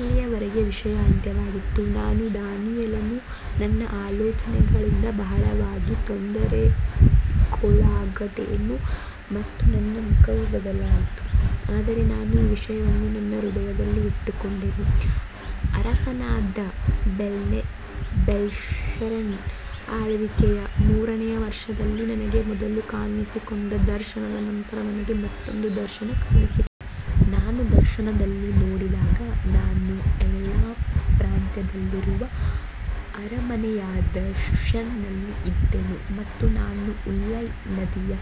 ಇಲ್ಲಿಯವರೆಗೆ ವಿಷಯವು ಅಂತ್ಯವಾಯಿತು. ನಾನು ದಾನಿಯೇಲನು ನನ್ನ ಆಲೋಚನೆಗಳಿಂದ ಬಹಳವಾಗಿ ತೊಂದರೆಗೊಳಗಾದೆನು ಮತ್ತು ನನ್ನ ಮುಖವು ಬದಲಾಯಿತು, ಆದರೆ ನಾನು ಈ ವಿಷಯವನ್ನು ನನ್ನ ಹೃದಯದಲ್ಲಿ ಇಟ್ಟುಕೊಂಡೆನು. ಅರಸನಾದ ಬೇಲ್ಶಚ್ಚರನ ಆಳ್ವಿಕೆಯ ಮೂರನೆಯ ವರ್ಷದಲ್ಲಿ ನನಗೆ ಮೊದಲು ಕಾಣಿಸಿಕೊಂಡ ದರ್ಶನದ ನಂತರ ನನಗೆ ಮತ್ತೊಂದು ದರ್ಶನ ಕಾಣಿಸಿಕೊಂಡಿತು. ನಾನು ದರ್ಶನದಲ್ಲಿ ನೋಡಿದಾಗ, ನಾನು ಏಲಾಮ್ ಪ್ರಾಂತ್ಯದಲ್ಲಿರುವ ಅರಮನೆಯಾದ ಶೂಷನ್ನಲ್ಲಿ ಇದ್ದೆನು ಮತ್ತು ನಾನು ಉಲೈ ನದಿಯ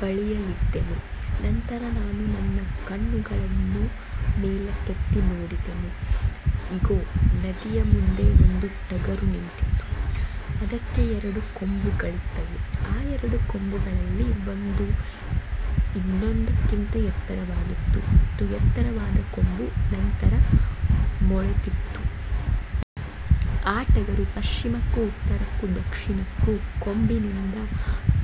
ಬಳಿಯಲ್ಲಿದ್ದೆನು. ನಂತರ ನಾನು ನನ್ನ ಕಣ್ಣುಗಳನ್ನು ಮೇಲಕ್ಕೆತ್ತಿ ನೋಡಿದೆನು. ಇಗೋ, ನದಿಯ ಮುಂದೆ ಒಂದು ಟಗರು ನಿಂತಿತ್ತು. ಅದಕ್ಕೆ ಎರಡು ಕೊಂಬುಗಳಿದ್ದವು. ಆ ಎರಡು ಕೊಂಬುಗಳಲ್ಲಿ ಒಂದು ಇನ್ನೊಂದಕ್ಕಿಂತ ಎತ್ತರವಾಗಿತ್ತು ಮತ್ತು ಎತ್ತರವಾದ ಕೊಂಬು ನಂತರ ಮೊಳೆತಿತ್ತು. ಆ ಟಗರು ಪಶ್ಚಿಮಕ್ಕೂ ಉತ್ತರಕ್ಕೂ ದಕ್ಷಿಣಕ್ಕೂ ಕೊಂಬಿನಿಂದ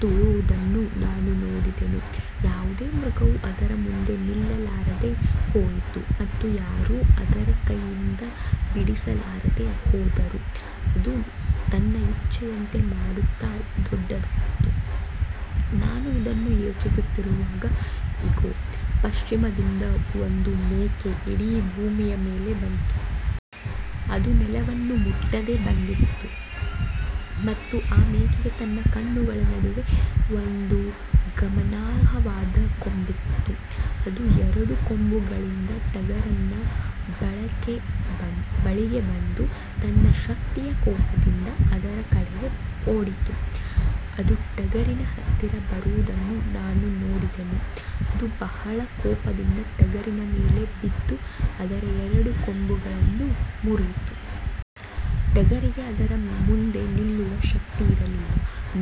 ತಳ್ಳುವುದನ್ನು ನಾನು ನೋಡಿದೆನು. ಯಾವುದೇ ಮೃಗವೂ ಅದರ ಮುಂದೆ ನಿಲ್ಲಲಾರದೆ ಹೋಯಿತು ಮತ್ತು ಯಾರೂ ಅದರ ಕೈಯಿಂದ ಬಿಡಿಸಲಾರದೆ ಹೋದರು. ಅದು ತನ್ನ ಇಚ್ಛೆಯಂತೆ ಮಾಡುತ್ತಾ ದೊಡ್ಡದಾಯಿತು. ನಾನು ಇದನ್ನು ಯೋಚಿಸುತ್ತಿರುವಾಗ, ಇಗೋ, ಪಶ್ಚಿಮದಿಂದ ಒಂದು ಮೇಕೆ ಇಡೀ ಭೂಮಿಯ ಮೇಲೆ ಬಂತು. ಅದು ನೆಲವನ್ನು ಮುಟ್ಟದೆ ಬಂದಿತು ಮತ್ತು ಆ ಮೇಕೆಗೆ ತನ್ನ ಕಣ್ಣುಗಳ ನಡುವೆ ಒಂದು ಗಮನಾರ್ಹವಾದ ಕೊಂಬಿತ್ತು. ಅದು ಎರಡು ಕೊಂಬುಗಳಿದ್ದ ಟಗರಿನ ಬಳಿಗೆ ಬಂದು ತನ್ನ ಶಕ್ತಿಯ ಕೋಪದಿಂದ ಅದರ ಕಡೆಗೆ ಓಡಿತು. ಅದು ಟಗರಿನ ಹತ್ತಿರ ಬರುವುದನ್ನು ನಾನು ನೋಡಿದೆನು. ಅದು ಬಹಳ ಕೋಪದಿಂದ ಟಗರಿನ ಮೇಲೆ ಬಿದ್ದು ಅದರ ಎರಡು ಕೊಂಬುಗಳನ್ನು ಮುರಿಯಿತು. ಟಗರಿಗೆ ಅದರ ಮುಂದೆ ನಿಲ್ಲುವ ಶಕ್ತಿಯಿರಲಿಲ್ಲ.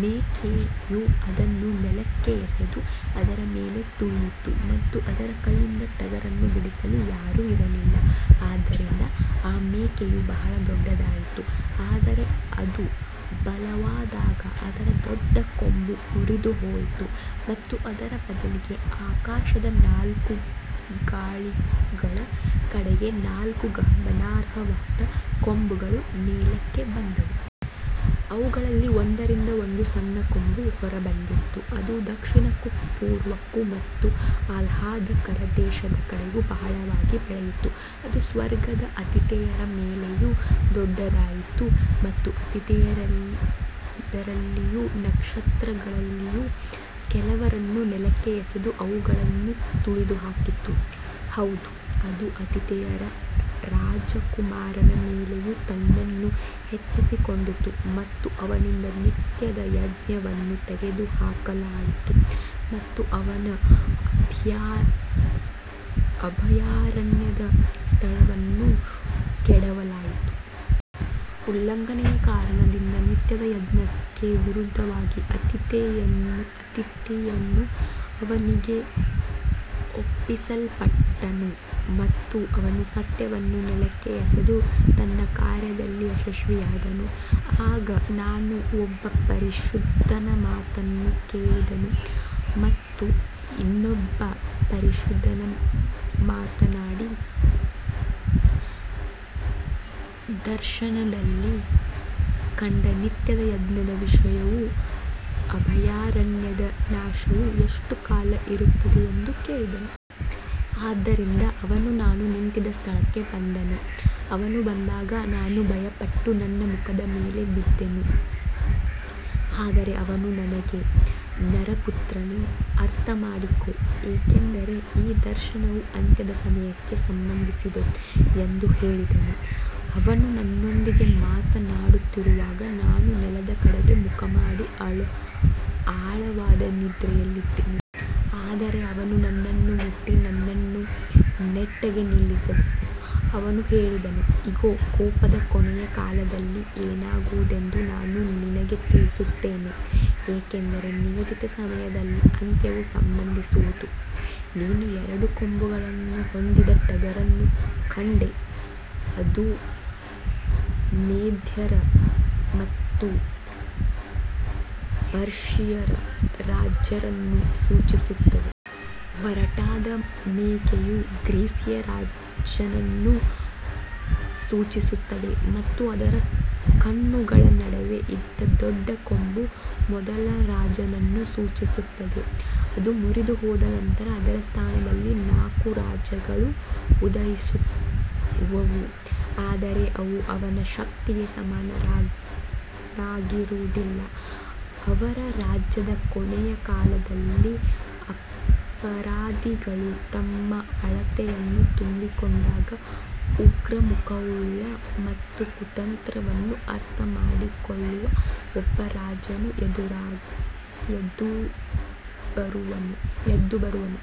ಮೇಕೆಯು ಅದನ್ನು ನೆಲಕ್ಕೆ ಎಸೆದು ಅದರ ಮೇಲೆ ತುಳಿಯಿತು ಮತ್ತು ಅದರ ಕೈಯಿಂದ ಟಗರನ್ನು ಬಿಡಿಸಲು ಯಾರೂ ಇರಲಿಲ್ಲ. ಆದ್ದರಿಂದ ಆ ಮೇಕೆಯು ಬಹಳ ದೊಡ್ಡದಾಯಿತು. ಆದರೆ ಅದು ಬಲವಾದಾಗ ಅದರ ದೊಡ್ಡ ಕೊಂಬು ಮುರಿದುಹೋಯಿತು ಮತ್ತು ಅದರ ಬದಲಿಗೆ ಆಕಾಶದ ನಾಲ್ಕು ಗಾಳಿಗಳ ಕಡೆಗೆ ನಾಲ್ಕು ಗಮನಾರ್ಹವಾದ ಕೊಂಬುಗಳು ಮೇಲಕ್ಕೆ ಬಂದವು. ಅವುಗಳಲ್ಲಿ ಒಂದರಿಂದ ಒಂದು ಸಣ್ಣ ಕೊಂಬು ಹೊರಬಂದಿತು. ಅದು ದಕ್ಷಿಣಕ್ಕೂ ಪೂರ್ವಕ್ಕೂ ಮತ್ತು ಆಹ್ಲಾದಕರ ದೇಶದ ಕಡೆಗೂ ಬಹಳವಾಗಿ ಬೆಳೆಯಿತು. ಅದು ಸ್ವರ್ಗದ ಆತಿಥೇಯರ ಮೇಲೆಯೂ ದೊಡ್ಡದಾಯಿತು ಮತ್ತು ಆತಿಥೇಯರಲ್ಲಿಯೂ ನಕ್ಷತ್ರಗಳಲ್ಲಿಯೂ ಕೆಲವರನ್ನು ನೆಲಕ್ಕೆ ಎಸೆದು ಅವುಗಳನ್ನು ತುಳಿದುಹಾಕಿತು. ಹೌದು, ಅದು ಆತಿಥೇಯರ ರಾಜಕುಮಾರನ ಮೇಲೆಯೂ ತನ್ನನ್ನು ಹೆಚ್ಚಿಸಿಕೊಂಡಿತು ಮತ್ತು ಅವನಿಂದ ನಿತ್ಯದ ಯಜ್ಞವನ್ನು ತೆಗೆದುಹಾಕಲಾಯಿತು ಮತ್ತು ಅವನ ಅಭಯಾರಣ್ಯದ ಸ್ಥಳವನ್ನು ಕೆಡವಲಾಯಿತು. ಉಲ್ಲಂಘನೆಯ ಕಾರಣದಿಂದ ನಿತ್ಯದ ಯಜ್ಞಕ್ಕೆ ವಿರುದ್ಧವಾಗಿ ಆತಿಥೇಯನು ಅವನಿಗೆ ಒಪ್ಪಿಸಲ್ಪಟ್ಟನು ಮತ್ತು ಅವನು ಸತ್ಯವನ್ನು ನೆಲಕ್ಕೆ ಎಸೆದು ತನ್ನ ಕಾರ್ಯದಲ್ಲಿ ಯಶಸ್ವಿಯಾದನು. ಆಗ ನಾನು ಒಬ್ಬ ಪರಿಶುದ್ಧನ ಮಾತನ್ನು ಕೇಳಿದೆನು ಮತ್ತು ಇನ್ನೊಬ್ಬ ಪರಿಶುದ್ಧನು ಮಾತನಾಡಿ, ದರ್ಶನದಲ್ಲಿ ಕಂಡ ನಿತ್ಯದ ಯಜ್ಞದ ವಿಷಯವೂ ಅಭಯಾರಣ್ಯದ ನಾಶವೂ ಎಷ್ಟು ಕಾಲ ಇರುತ್ತವೆ ಎಂದು ಕೇಳಿದನು. ಆದ್ದರಿಂದ ಅವನು ನಾನು ನಿಂತಿದ್ದ ಸ್ಥಳಕ್ಕೆ ಬಂದನು. ಅವನು ಬಂದಾಗ ನಾನು ಭಯಪಟ್ಟು ನನ್ನ ಮುಖದ ಮೇಲೆ ಬಿದ್ದೆನು. ಆದರೆ ಅವನು ನನಗೆ, ನರಪುತ್ರನೇ, ಅರ್ಥಮಾಡಿಕೋ, ಏಕೆಂದರೆ ಈ ದರ್ಶನವು ಅಂತ್ಯದ ಸಮಯಕ್ಕೆ ಸಂಬಂಧಿಸಿದೆ ಎಂದು ಹೇಳಿದನು. ಅವನು ನನ್ನೊಂದಿಗೆ ಮಾತನಾಡುತ್ತಿರುವಾಗ ನಾನು ನೆಲದ ಕಡೆಗೆ ಮುಖಮಾಡಿ ಆಳವಾದ ನಿದ್ರೆಯಲ್ಲಿದ್ದೆನು. ಆದರೆ ಅವನು ನನ್ನನ್ನು ಮುಟ್ಟಿ ನನ್ನನ್ನು ನೆಟ್ಟಗೆ ನಿಲ್ಲಿಸಿದನು. ಅವನು ಹೇಳಿದನು, ಇಗೋ, ಕೋಪದ ಕೊನೆಯ ಕಾಲದಲ್ಲಿ ಏನಾಗುವುದೆಂದು ನಾನು ನಿನಗೆ ತಿಳಿಸುತ್ತೇನೆ, ಏಕೆಂದರೆ ನಿಗದಿತ ಸಮಯದಲ್ಲಿ ಅಂತ್ಯವು ಸಂಭವಿಸುವುದು. ನೀನು ಎರಡು ಕೊಂಬುಗಳನ್ನು ಹೊಂದಿದ್ದ ಟಗರನ್ನು ಕಂಡೆ. ಅವು ಮೇದ್ಯರ ಮತ್ತು ಪರ್ಷಿಯರ ರಾಜರನ್ನು ಸೂಚಿಸುತ್ತವೆ. ಒರಟಾದ ಮೇಕೆಯು ಗ್ರೀಸಿಯ ರಾಜನನ್ನು ಸೂಚಿಸುತ್ತದೆ ಮತ್ತು ಅದರ ಕಣ್ಣುಗಳ ನಡುವೆ ಇದ್ದ ದೊಡ್ಡ ಕೊಂಬು ಮೊದಲ ರಾಜನನ್ನು ಸೂಚಿಸುತ್ತದೆ. ಅದು ಮುರಿದುಹೋದ ನಂತರ ಅದರ ಸ್ಥಾನದಲ್ಲಿ ನಾಲ್ಕು ರಾಜ್ಯಗಳು ಉದಯಿಸುವವು, ಆದರೆ ಅವು ಅವನ ಶಕ್ತಿಗೆ ಸಮನಾಗಿರುವುದಿಲ್ಲ. ಅವರ ರಾಜ್ಯದ ಕೊನೆಯ ಕಾಲದಲ್ಲಿ, ಅಪರಾಧಿಗಳು ತಮ್ಮ ಅಳತೆಯನ್ನು ತುಂಬಿಕೊಂಡಾಗ, ಉಗ್ರ ಮುಖವುಳ್ಳ ಮತ್ತು ಕುತಂತ್ರವನ್ನು ಅರ್ಥಮಾಡಿಕೊಳ್ಳುವ ಒಬ್ಬ ರಾಜನು ಎದ್ದುಬರುವನು.